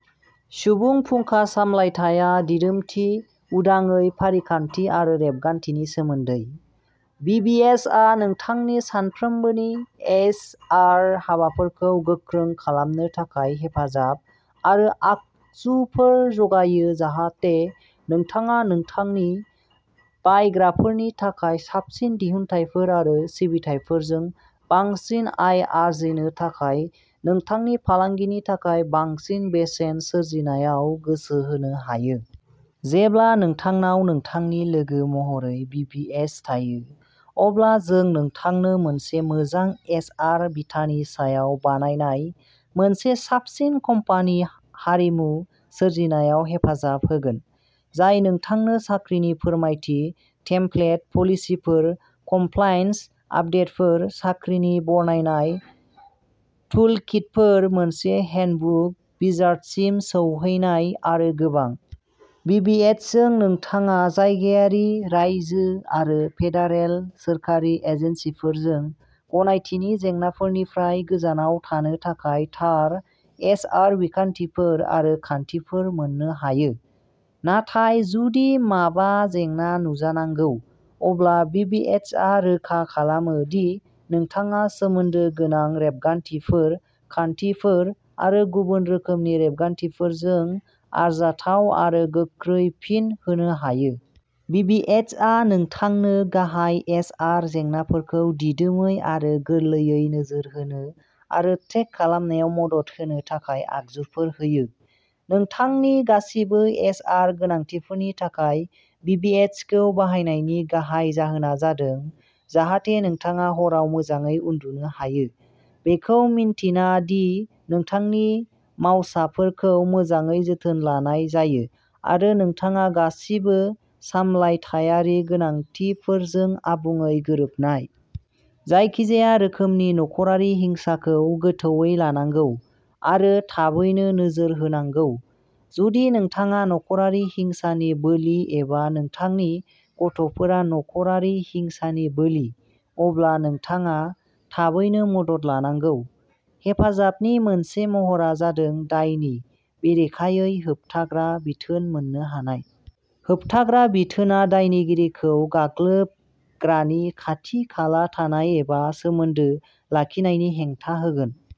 सुबुं फुंखा सामलायथाया दिदोमथि, उदाङै, फारिखान्थि आरो रेबगान्थिनि सोमोन्दै। बिबिएसआ नोंथांनि सानफ्रोमबोनि एइचआर हाबाफोरखौ गोख्रों खालामनो थाखाय हेफाजाब आरो आगजुफोर जगायो जाहाथे नोंथाङा नोंथांनि बायग्राफोरनि थाखाय साबसिन दिहुनथायफोर आरो सिबिथाइफोरजों बांसिन आय आर्जिनो थाखाय नोंथांनि फालांगिनि थाखाय बांसिन बेसेन सोरजिनायाव गोसो होनो हायो। जेब्ला नोंथांनाव नोंथांनि लोगो महरै बिबिएस थायो, अब्ला जों नोंथांनो मोनसे मोजां एचआर बिथानि सायाव बानायनाय मोनसे साबसिन कम्पानि हारिमु सोरजिनायाव हेफाजाब होगोन, जाय नोंथांनो साख्रिनि फोरमायथि, टेमप्लेट पलिसिफोर, कमप्लायन्स आपदेटफोर, साख्रिनि बरनायनाय, टुलकिटफोर, मोनसे हेन्डबुक विजार्डसिम सौहैनाय आरो गोबां। बिबिएसजों, नोंथाङा जायगायारि, रायजो आरो फेडारेल सोरखारि एजेन्सिफोरजों गनायथिनि जेंनाफोरनिफ्राय गोजानाव थानो थाखाय थार एइचआर बिखान्थिफोर आरो खान्थिफोर मोननो हायो। नाथाय जुदि माबा जेंना नुजानांगौ, अब्ला बिबिएसआ रोखा खालामो दि नोंथाङा सोमोन्दो गोनां रेबगान्थिफोर, खान्थिफोर आरो गुबुन रोखोमनि रेबगान्थिफोरजों आरजाथाव आरो गोख्रै फिन होनो हायो। बिबिएसआ नोंथांनो गाहाय एइचआर जेंनाफोरखौ दिदोमै आरो गोरलैयै नोजोर होनो आरो ट्रेक खालामनायाव मदद होनो थाखाय आगजुफोर होयो। नोंथांनि गासिबो एइचआर गोनांथिफोरनि थाखाय बिबिएसखौ बाहायनायनि गाहाय जाहोना जादों जाहाथे नोंथाङा हराव मोजाङै उन्दुनो हायो, बेखौ मिन्थिना दि नोंथांनि मावसाफोरखौ मोजाङै जोथोन लानाय जायो आरो नोंथाङा गासिबो सामलायथायारि गोनांथिफोरजों आबुङै गोरोबनाय। जायखिजाया रोखोमनि नख'रारि हिंसाखौ गोथौवै लानांगौ आरो थाबैनो नोजोर होनांगौ। जुदि नोंथाङा नख'रारि हिंसानि बोलि एबा नोंथांनि गथ'फोरा नख'रारि हिंसानि बोलि, अब्ला नोंथाङा थाबैनो मदद लानांगौ। हेफाजाबनि मोनसे महरआ जादों दायनि बेरेखायै होबथाग्रा बिथोन मोन्नो हानाय। होबथाग्रा बिथोनआ दायनिगिरिखौ गाग्लोबग्रानि खाथि-खाला थानाय एबा सोमोन्दो लाखिनायनि हेंथा होगोन।